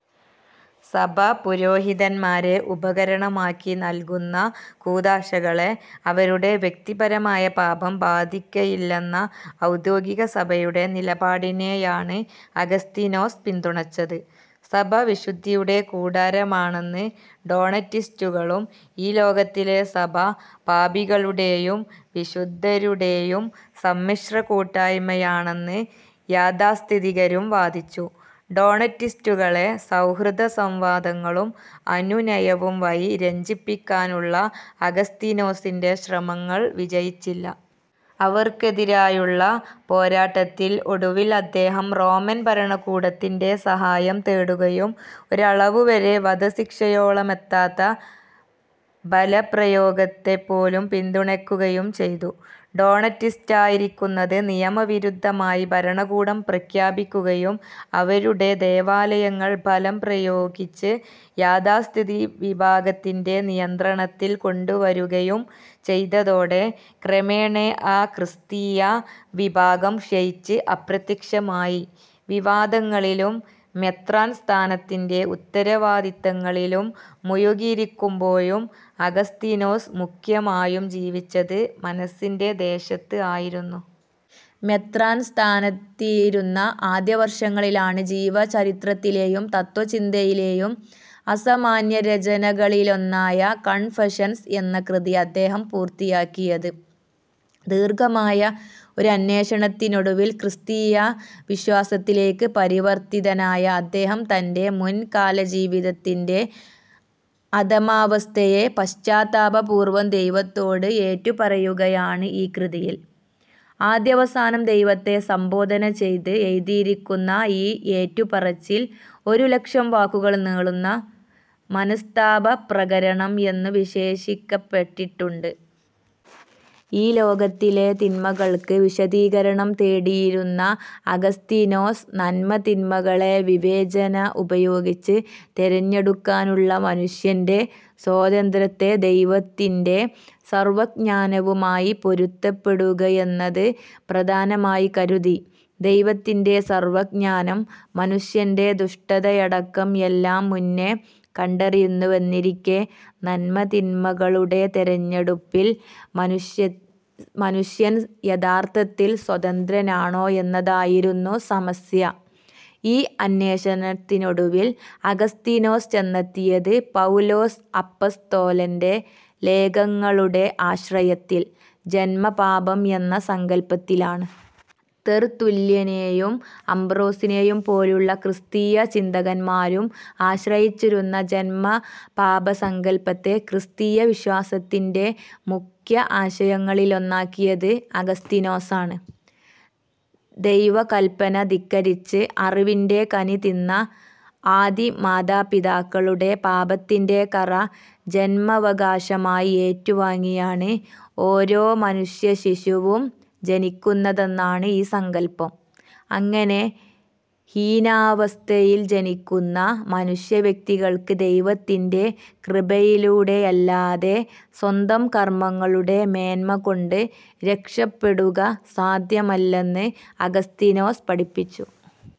സഭ, പുരോഹിതന്മാരെ ഉപകരണമാക്കി നൽകുന്ന കൂദാശകളെ അവരുടെ വ്യക്തിപരമായ പാപം ബാധിക്കയില്ലെന്ന ഔദ്യോഗികസഭയുടെ നിലപാടിനെയാണ് അഗസ്തീനോസ് പിന്തുണച്ചത്. സഭ വിശുദ്ധിയുടെ കൂടാരമാണെന്ന് ഡൊണാറ്റിസ്റ്റുകളും, ഈ ലോകത്തിലെ സഭ പാപികളുടേയും വിശുദ്ധരുടേയും സമ്മിശ്ര കൂട്ടായ്മയാണെന്ന് യാഥാസ്ഥിതികരും വാദിച്ചു. ഡോണറ്റിസ്റ്റുകളെ സൗഹൃദസംവാദങ്ങളും അനുനയവും വഴി രഞ്ജിപ്പിക്കാനുള്ള അഗസ്തീനോസിന്റെ ശ്രമങ്ങൾ വിജയിച്ചില്ല. അവർക്കെതിരായുള്ള പോരാട്ടത്തിൽ ഒടുവിൽ അദ്ദേഹം റോമൻ ഭരണകൂടത്തിന്റെ സഹായം തേടുകയും, ഒരളവുവരെ വധശിക്ഷയോളമെത്താത്ത ബലപ്രയോഗത്തെപ്പോലും പിന്തുണയ്ക്കുകയും ചെയ്തു. ഡൊണാറ്റിസ്റ്റായിരിക്കുന്നത് നിയമവിരുദ്ധമായി ഭരണകൂടം പ്രഖ്യാപിക്കുകയും അവരുടെ ദേവാലയങ്ങൾ ബലം പ്രയോഗിച്ച് യാഥാസ്ഥിതിക വിഭാഗത്തിന്റെ നിയന്ത്രണത്തിൽ കൊണ്ടുവരുകയും ചെയ്തതോടെ ക്രമേണ ആ ക്രിസ്തീയ വിഭാഗം ക്ഷയിച്ച് അപ്രത്യക്ഷമായി. വിവാദങ്ങളിലും മെത്രാൻ സ്ഥാനത്തിന്റെ ഉത്തരവാദിത്തങ്ങളിലും മുഴുകിയിരിക്കുമ്പോഴും അഗസ്തീനോസ് മുഖ്യമായും ജീവിച്ചത് "മനസ്സിന്റെ ദേശത്ത്" ആയിരുന്നു. മെത്രാൻ സ്ഥാനത്തിരുന്ന ആദ്യവർഷങ്ങളിലാണ് ജീവചരിത്രത്തിലേയും തത്ത്വചിന്തയിലേയും അസാമാന്യരചനകളിലൊന്നായ കൺഫഷൻസ് എന്ന കൃതി അദ്ദേഹം പൂർത്തിയാക്കിയത്. ദീർഘമായ ഒരന്വേഷണത്തിനൊടുവിൽ ക്രിസ്തീയ വിശ്വാസത്തിലേയ്ക്കു പരിവർത്തിതനായ അദ്ദേഹം തന്റെ മുൻകാലജീവിതത്തിന്റെ "അധമാവസ്ഥയെ" പശ്ചാത്താപപൂർവം ദൈവത്തോട് ഏറ്റുപറയുകയാണ് ഈ കൃതിയിൽ. ആദ്യവസാനം ദൈവത്തെ സംബോധന ചെയ്ത് എഴുതിരിക്കുന്ന ഈ ഏറ്റുപറച്ചിൽ, ഒരു ലക്ഷം വാക്കുകൾ നീളുന്ന "മനസ്താപപ്രകരണം" എന്നു വിശേഷിപ്പിക്കപ്പെട്ടിട്ടുണ്ട്. ഈ ലോകത്തിലെ തിന്മകൾക്ക് വിശദീകരണം തേടിയിരുന്ന അഗസ്തീനോസ്, നന്മതിന്മകളെ വിവേചന ഉപയോഗിച്ച് തെരഞ്ഞെടുക്കാനുള്ള മനുഷ്യൻ മനുഷ്യന്റെ സ്വാതന്ത്ര്യത്തെ ദൈവത്തിന്റെ സർവജ്ഞാനവുമായി പൊരുത്തപ്പെടുത്തുകയെന്നത് പ്രധാനമായി കരുതി. ദൈവത്തിന്റെ സർവജ്ഞാനം മനുഷ്യന്റെ ദുഷ്ടതയടക്കം എല്ലാം മുന്നേ കണ്ടറിയുന്നുവെന്നിരിക്കേ, നന്മ-തിന്മകളുടെ തെരഞ്ഞെടുപ്പിൽ മനുഷ്യൻ യഥാർത്ഥത്തിൽ സ്വതന്ത്രനാണോ എന്നതായിരുന്നു സമസ്യ. ഈ അന്വേഷണത്തിനൊടുവിൽ അഗസ്തീനോസ് ചെന്നെത്തിയത്, പൗലോസ് അപ്പസ്തോലന്റെ ലേഖങ്ങളുടെ ആശ്രയത്തിൽ, ജന്മപാപം എന്ന സങ്കല്പത്തിലാണ്. തെർത്തുല്യനേയും അംബ്രോസിനേയും പോലുള്ള ക്രിസ്തീയ ചിന്തകന്മാരും ആശ്രയിച്ചിരുന്ന ജന്മപാപസങ്കല്പത്തെ ക്രിസ്തീയ വിശ്വാസത്തിന്റെ മുഖ്യ ആശയങ്ങളിലൊന്നാക്കിയത് അഗസ്തീനോസാണ്. ദൈവകല്പന ധിക്കരിച്ച് അറിവിന്റെ കനി തിന്ന ആദിമാതാപിതാക്കളുടെ പാപത്തിന്റെ കറ ജന്മാവകാശമായി ഏറ്റുവാങ്ങിയാണ് ഓരോ മനുഷ്യശിശുവും ജനിക്കുന്നതെന്നാണ് ഈ സങ്കല്പം. അങ്ങനെ ഹീനാവസ്ഥയിൽ ജനിക്കുന്ന മനുഷ്യവ്യക്തികൾക്ക് ദൈവത്തിന്റെ കൃപയിലൂടെയല്ലാതെ സ്വന്തം കർമ്മങ്ങളുടെ മേന്മകൊണ്ട് രക്ഷപെടുക സാധ്യമല്ലെന്ന് അഗസ്തീനോസ് പഠിപ്പിച്ചു.